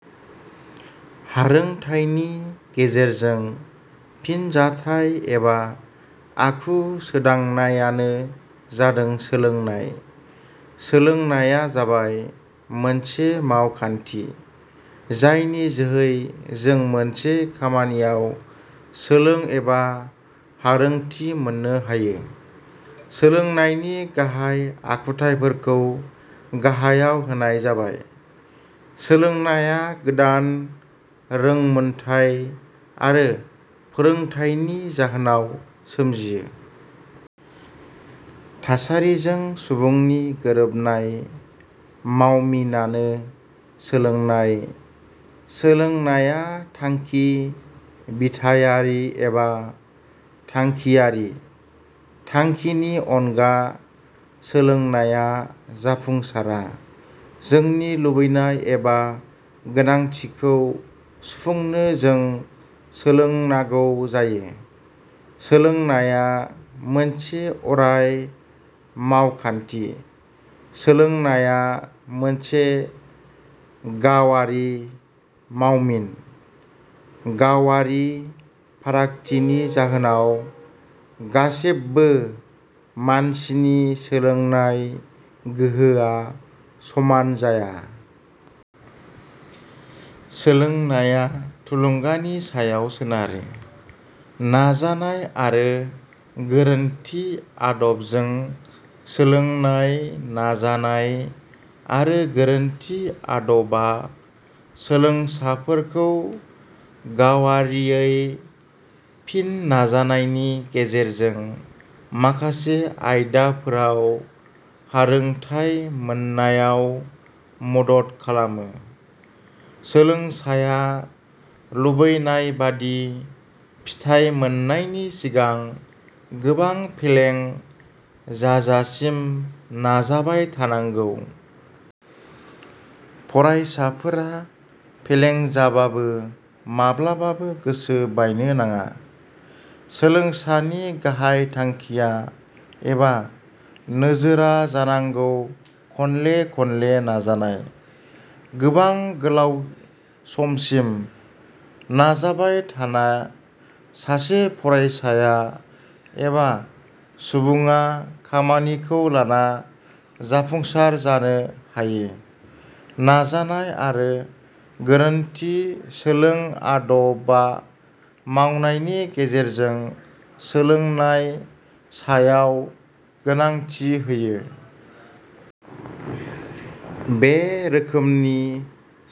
: हारोंथाइनि गेजेरजों फिनजाथाइ एबा आखु सोदांनायानो जादों सोलोंनाय। सोलोंनाया जाबाय मोनसे मावखान्थि जायनि जोहै जों मोनसे खामानियाव सोलों एबा हारोंथि मोननो हायो।: सोलोंनायनि गाहाइ आखुथाइफोरखौ गाहायाव होनाय जाबाय: सोलोंनाया गोदान रोंमोनथाइ आरो फोरोंथाइनि जाहोनाव सोमजियो। थासारिजों सुबुंनि गोरोबनाय मावमिनानो सोलोंनाय। सोलोंनाया थांखि-बिथायारि एबा थांखियारि। थांखिनि अनगा सोलोंनाया जाफुंसारा। जोंनि लुबैनाय एबा गोनांथिखौ सुफुंनो जों सोलोंनागौ जायो। सोलोंनाया मोनसे अराय मावखान्थि। सोलोंनाया मोनसे गावारि मावमिन। गावारि फारागथिनि जाहोनाव गासैबबो मानसिनि सोलोंनाय गोहोआ समान जाया। सोलोंनाया थुलुंगानि सायाव सोनारो।: नाजानाय आरो गोरोन्थि आदबजों सोलोंनाय: नाजानाय आरो गोरोन्थि आदबा सोलोंसाफोरखौ गावारियै फिन नाजानायनि गेजेरजों माखासे आयदाफोराव हारोंथाइ मोननायाव मदद खालामो। सोलोंसाया लुबैनायबादि फिथाइ मोननायनि सिगां गोबां फेलें जाजासिम नाजाबाय थानांगौ। फरायसाफोरा फेलेंजाबाबो माब्लाबाबो गोसो बायनो नाङा। सोलोंसानि गाहाइ थांखिया एबा नोजोरा जानांगौ खनले खनले नाजानाय। गोबां गोलाउ समसिम नाजाबाय थाना सासे फरायसाया एबा सुबुंआ खामानिखौ लाना जाफुंसार जानो हायो। नाजानाय आरो गोरोन्थि सोलों आदबा मावनायनि गेजेरजों सोलोंनाय सायाव गोनांथि होयो। बे रोखोमनि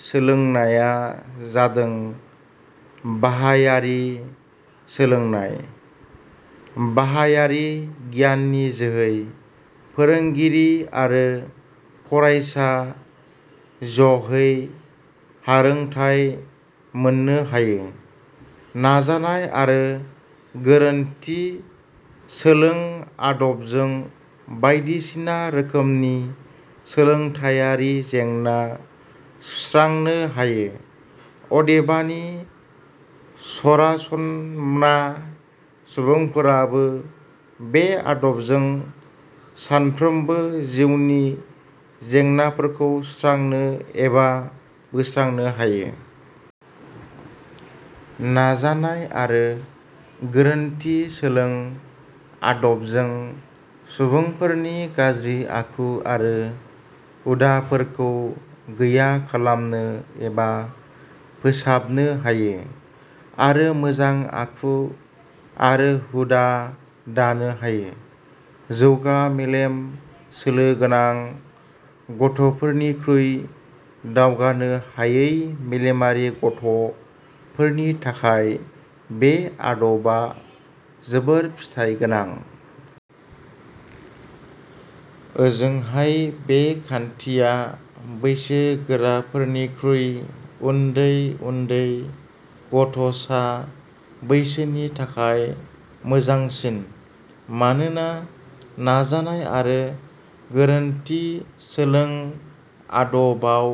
सोलोंनाया जादों बाहायारि सोलोंनाय। बाहायारि गियाननि जोहै फोरोंगिरि आरो फरायसा ज 'है हारोंथाइ मोननो हायो। नाजानाय आरो गोरोन्थि सोंलों आदबजों बायदिसिना रोखोमनि सोलोंथाइयारि जेंना सुस्रांनो हायो। अदेबानि, सरासनम्रा सुबुंफोराबो बे आदबजों सानफ्रोमबो जिउनि जेंनाफोरखौ सुस्रांनो एबा बोस्रांनो हायो। नाजानाय आरो गोरोन्थि सोलों आदबजों सुबुंफोरनि गाज्रि आखु आरो हुदाफोरखौ गैया खालामनो एबा फोसाबनो हायो आरो मोजां आखु आरो हुदा दानो हायो। जौगा मेलेम सोलो गोनां गथ 'फोरनिख्रुइ दावगानो हायै मेलेमारि गथ 'फोरनि थाखाय बे आदबा जोबोर फिथाइ गोनां। ओजोंहाय बे खान्थिया बैसो गोराफोरनिख्रुइ उन्दै उन्दै गथ 'सा बैसोनि थाखाय मोजांसिन मानोना नाजानाय आरो गोरोन्थि सोलों आदबाव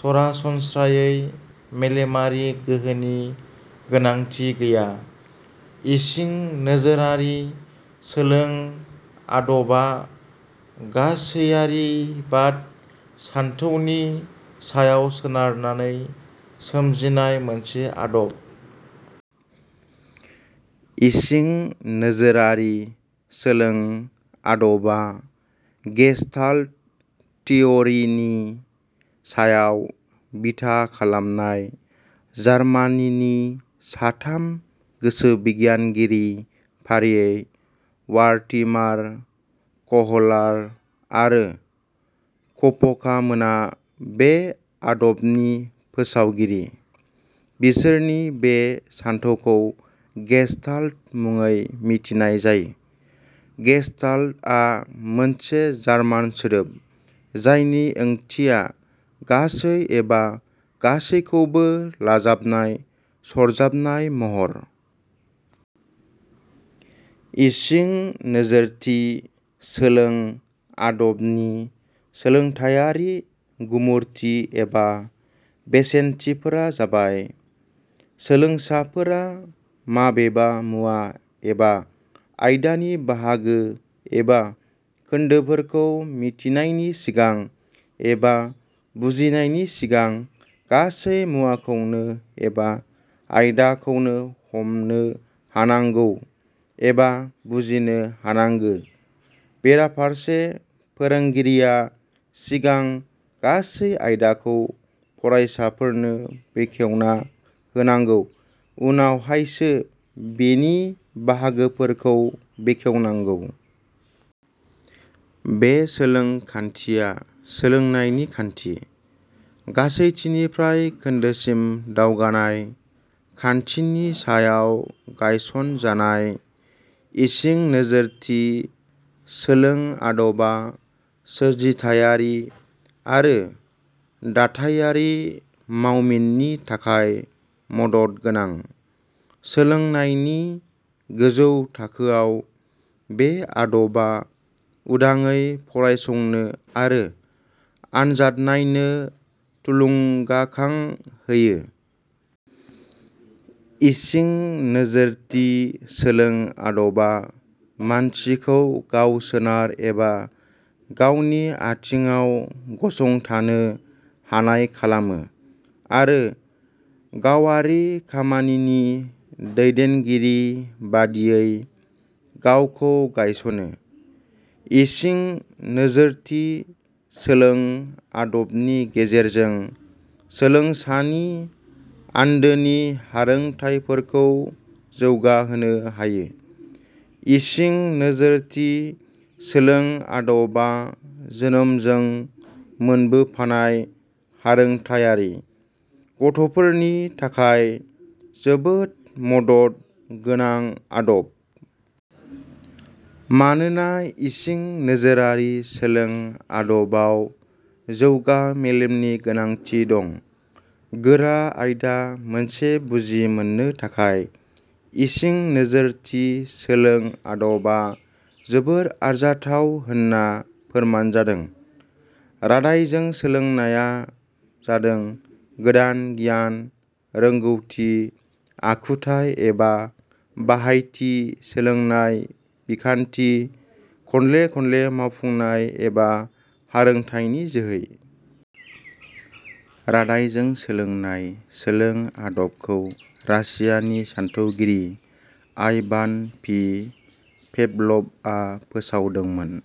सरासनस्रायै मेलेमारि गोहोनि गोनांथि गैया।: इसिं नोजोरारि सोलों आदबा गासैयारिबाद सानथौनि सायाव सोनारनानै सोमजिनाय मोनसे आदब। इसिं नोजोरारि सोलों आदबा 'गेस्टाल्ट थिअरि' नि सायाव बिथा खालामनाय। जार्मानिनि साथाम गोसोबिगियानगिरि फारियै वार्थिमार, कहलार आरो कफका मोना बे आदबनि फोसावगिरि। बिसोरनि बे सानथौखौ 'गेस्टाल्ट' मुङै मिथिनाय जायो। 'गेस्टाल्ट' आ मोनसे जार्मान सोदोब जायनि ओंथिया 'गासै' एबा 'गासैखौबो लाजाबनाय सरजाबनाय महर'। इसिं नोजोरथि सोलों आदबनि सोलोंथाइयारि गुमुरथि एबा बेसेनथिफोरा जाबाय:. सोलोंसाफोरा माबेबा मुवा एबा आयदानि बाहागो एबा खोन्दोफोरखौ मिथिनायनि सिगां एबा बुजिनायनि सिगां गासै मुवाखौनो एबा आयदाखौनो हमनो हानांगौ एबा बुजिनो हानांगो। बेराफारसे, फोरोंगिरिया सिगां गासै आयदाखौ फरायसाफोरनो बेखेवना होनांगौ उनावहायसो बेनि बाहागोफोरखौ बेखेवनांगौ। बे सोलों खान्थिया सोलोंनायनि खान्थि 'गासैथिनिफ्राय खोन्दोसिम दावगानाय" खान्थिनि सायाव गायसन जानाय।. इसिं नोजोरथि सोलों आदबा सोरजिथाइयारि आरो दाथाइयारि मावमिननि थाखाय मदद गोनां। सोलोंनायनि गोजौ थाखोआव बे आदबा उदांयै फरायसंनो आरो आनजादनायनो थुलुंगाखां होयो।. इसिं नोजोरथि सोलों आदबा मानसिखौ गाव-सोनार एबा गावनि आथिंआव गसंथानो हानाय खालामो आरो गावारि खामानिनि दैदेनगिरि बादियै गावखौ गायसनो।. इसिं नोजोरथि सोलों आदबनि गेजेरजों सोलोंसानि आन्दोनि हारोंथाइफोरखौ जौगाहोनो हायो।. इसिं नोजोरथि सोलों आदबा जोनोमजों मोनबोफानाय हारोंथाइयारि गथ'फोरनि थाखाय जोबोद मदद गोनां आदब। मानोना इसिं नोजोरारि सोलों आदबाव जौगा मेलेमनि गोनांथि दं।. गोरा आयदा मोनसे बुजि मोननो थाखाय इसिं नोजोरथि सोलों आदबा जोबोद आरजाथाव होनना फोरमान जादों।: रादायजों सोलोंनाया जादों गोदान गियान, रोंगौथि, आखुथाइ एबा बाहायथि सोलोंनाय बिखान्थि, खनले खनले मावफुंनाय एबा हारोंथाइनि जोहै। रादायजों सोलोंनाय सोलों आदबखौ रासियानि सान्थौगिरि आइभान पि. पेभलभआ फोसावदोंमोन।